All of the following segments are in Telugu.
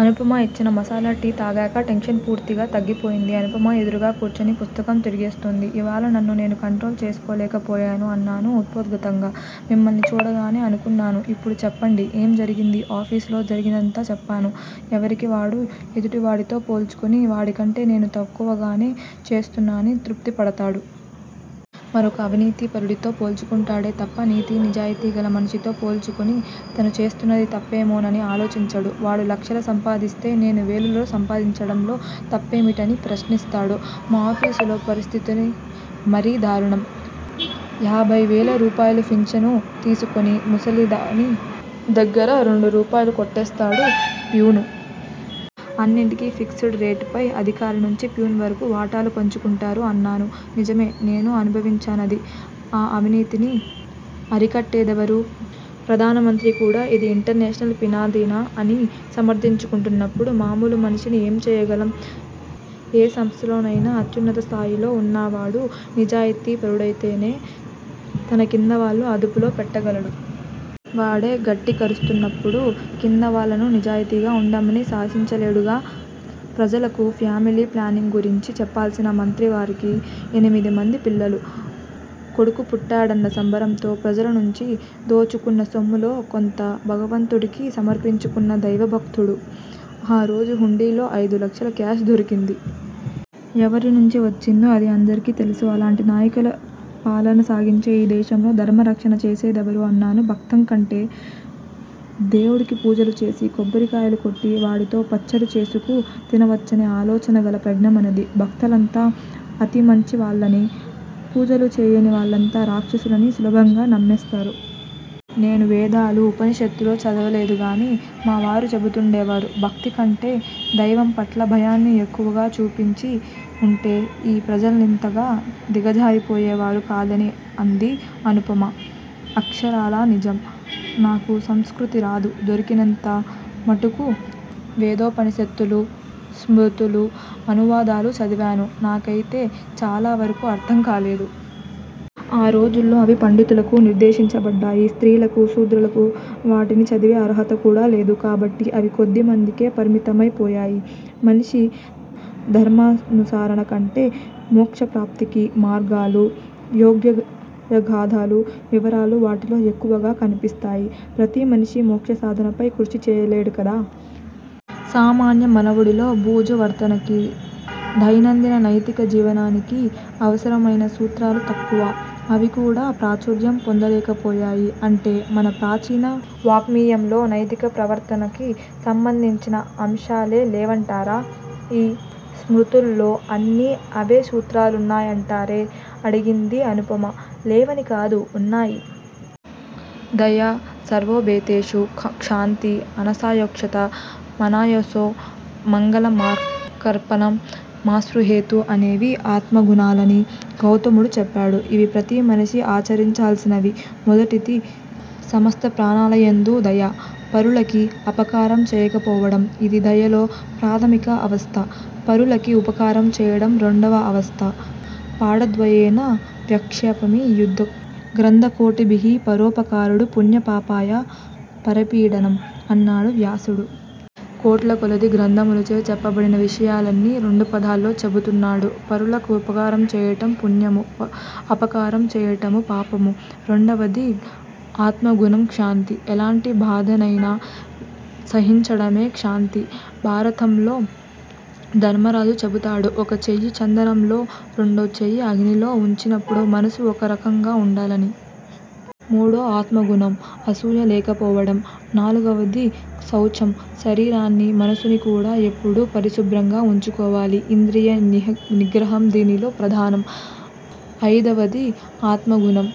అనుపమ యిచ్చిన మసాలా టీ తాగాక టెన్షన్ పూర్తిగా తగ్గిపోయింది. అనుపమ ఎదురుగా కూర్చుని పుస్తకం తిరగేస్తోంది. ఇవ్వాళ నన్ను నేను కంట్రోల్ చేసుకోలేక పోయాను అన్నాను ఉపోద్ఘాతంగా. మిమ్మల్ని చూడగానే అనుకున్నాను. ఇప్పుడు చెప్పండి ఏం జరిగింది? ఆఫీసులో జరిగినదంతా చెప్పాను. ఎవరికి వాడు ఎదుటి వాడితో పోల్చుకుని వాడికంటే నేను తక్కువగానే చేస్తున్నానని తృప్తి పడతాడు. మరొక అవినీతి పరుడితో పోల్చుకుంటాడే తప్ప నీతి, నిజాయితీగల మనిషితో పోల్చుకుని తను చేస్తున్నది తప్పేమోనని ఆలోచించడు. వాడు లక్షలు సంపాదిస్తే నేను వేలు సంపాదించడంలో తప్పేమిటని ప్రశ్నిస్తాడు. మా ఆఫీసులో పరిస్థతి మరీ దారుణం. యాభై రూపాయల ఫించను తీసుకునే ముసలిదాని దగ్గరా రెండు రూపాయలు కొట్టేస్తాడు ఫ్యూన్. అన్నింటికి ఫిక్స్ డ్ రేట్ పై అధికారి నుంచి ఫ్యూన్ వరకు వాటాలు పంచుకుంటారు అన్నాను. నిజమే నేనూ అనుభవించానది. ఆ అవినీతిని అరికట్టే దెవరు? ప్రధానమంత్రి కూడా ఇది 'ఇంటర్నేషనల్ ఫినామినా' అని సమర్ధించుకుంటున్నప్పుడు మామూలు మనిషిని ఏమనగలం? ఏ సంస్థలోనయినా అత్యున్నత స్థాయిలో వున్నవాడు నిజాయితీ పరుడయితేనె తన కిందవాళ్ళను అదుపులో పెట్టగలడు. వాడే గడ్డి కరుస్తున్నప్పుడు కిందవాళ్ళను నిజాయితీగా వుండమని శాసించలేడుగా. ప్రజలకు ఫ్యామిలి ప్లానింగు గురించి చెప్పాల్సిన మంత్రిగారికి ఎనిమిది మంది పిల్లలు. కొడుకు పుట్టాడన్న సంబరంతో ప్రజల నుంచి దోచుకున్న సొమ్ములో కొంత భగవంతుడికి సమర్పించుకున్న దైవభక్తుడు. ఆ రోజు హుండీలో ఐదు లక్షల క్యాష్ దొరికింది. ఎవరి నుంచి వచ్చిందో అది అందరికీ తెలుసు. అలాంటి నాయకులు పాలన సాగించే ఈ దేశంలో ధర్మరక్షణ చేసేది ఎవరు? అన్నాను. భక్తంటే దేవుడికి పూజలు చేసి, కొబ్బరికాయలు కొట్టి, వాడితో పచ్చడి చేసుకు తినవచ్చనే ఆలోచనగల ప్రజ్ఞ మనది. భక్తులంతా అతి మంచి వాళ్ళని, పూజలు చేయని వాళ్ళంతా రాక్షసులని సులభంగా నమ్మేస్తారు. నేను వేదాలు, ఉపనిషత్తులు చదవలేదుగాని మా వారు చెపుతుండేవారు. భక్తి కంటే దైవంపట్ల భయాన్ని ఎక్కువగా చూపించి వుంటే ఈ ప్రజలింతగా దిగజారి పోయేవారు కాదని అంది అనుపమ. అక్షరాలా నిజం. నాకు సంస్కృతం రాదు. దొరికినంత మటుకు వేదోపనిషత్తులు, స్మృతులు, అనువాదాలు చదివాను. నాకయితే చాలావరకు అర్ధంకాలేదు. ఆ రోజుల్లో అవి పండితులకు నిర్దేశించబడ్డవి. స్త్రీలకు, శూద్రులకు వాటిని చదివే అర్హత కూడా లేదు. కాబట్టి అవి కొద్ది మందికే పరిమితమై పోయాయి. మనిషి ధర్మానుసరణ కంటే మోక్షప్రాప్తికి మార్గాలు, యజ్ఞయాగాదుల వివరాలు వాటిలో ఎక్కువగా కనిపిస్తాయి. ప్రతి మనిషి మోక్ష సాధనకై కృషి చేయలేడు కదా. సామాన్య మానవుడిలో ఋజు వర్తనకి, దైనందిన నైతిక జీవనానికి అవసరమయిన సూత్రాలు తక్కువ. అవి కూడా ప్రాచుర్యం పొందలేకపోయాయి. అంటే మన ప్రాచీన వాఞ్మయంలో నైతిక ప్రవర్తనకి సంబంధించిన అంశాలే లేవంటారా? ఈ స్మృతుల్లో అన్నీ అవే సూత్రాలున్నాయంటారే అడిగింది అనుపమ. లేవని కాదు, ఉన్నాయి. 'దయా సర్వభూతేషు, క్షాంతి, అనసూయాశౌచ, మనాయాసో, మంగళ, మకార్పణం, మస్పృహేతి' అనేవి ఆత్మగుణాలని గౌతముడు చెప్పాడు. ఇవి ప్రతిమనిషి ఆచరించాల్సినవి. మొదటిది- సమస్త ప్రాణులయందు దయ, పరులకి అపకారం చేయకపోవడం, ఇది దయలో ప్రాథమిక అవస్థ. పరులకి ఉపకారం చేయడం రెండవ అవస్థ. 'పాడద్వయేన వక్ష్యామి యదుక్తం గ్రంధకోటిభిః పరోపకారుడు పుణ్యాయ పాపాయ పరపీడనం' అన్నాడు వ్యాసుడు. కోట్ల కొలది గ్రంథములచే చెప్పబడిన విషయాన్ని రెండు పాదాల్లో చెపుతున్నాడు. పరుల కుపకారము చేయుట పుణ్యము, అపకారము చేయుట పాపము. రెండవది- ఆత్మగుణం క్షాంతి. ఎలాంటి బాధనయినా సహించడమే క్షాంతి. భారతంలో ధర్మరాజు చెపుతాడు. ఒక చెయ్యి చందనంలో, రెండో చెయ్యి అగ్నిలో వుంచినపుడు మనసు ఒకేరకంగా వుండాలని. మూడో ఆత్మగుణం- అసూయ లేకపోవడం, నాలుగవది-శౌచం. శరీరాన్ని, మనసుని కూడా ఎప్పుడూ పరిశుభ్రంగా వుంచుకోవాలి. ఇంద్రియ నిగ్రహం దీనిలో ప్రధానం. అయిదవది ఆత్మగుణం-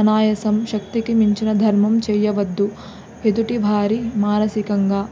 అనాయాసం, శక్తికి మించిన ధర్మం చెయ్యవద్దు. ఎదుటి వారిని మానసికంగా,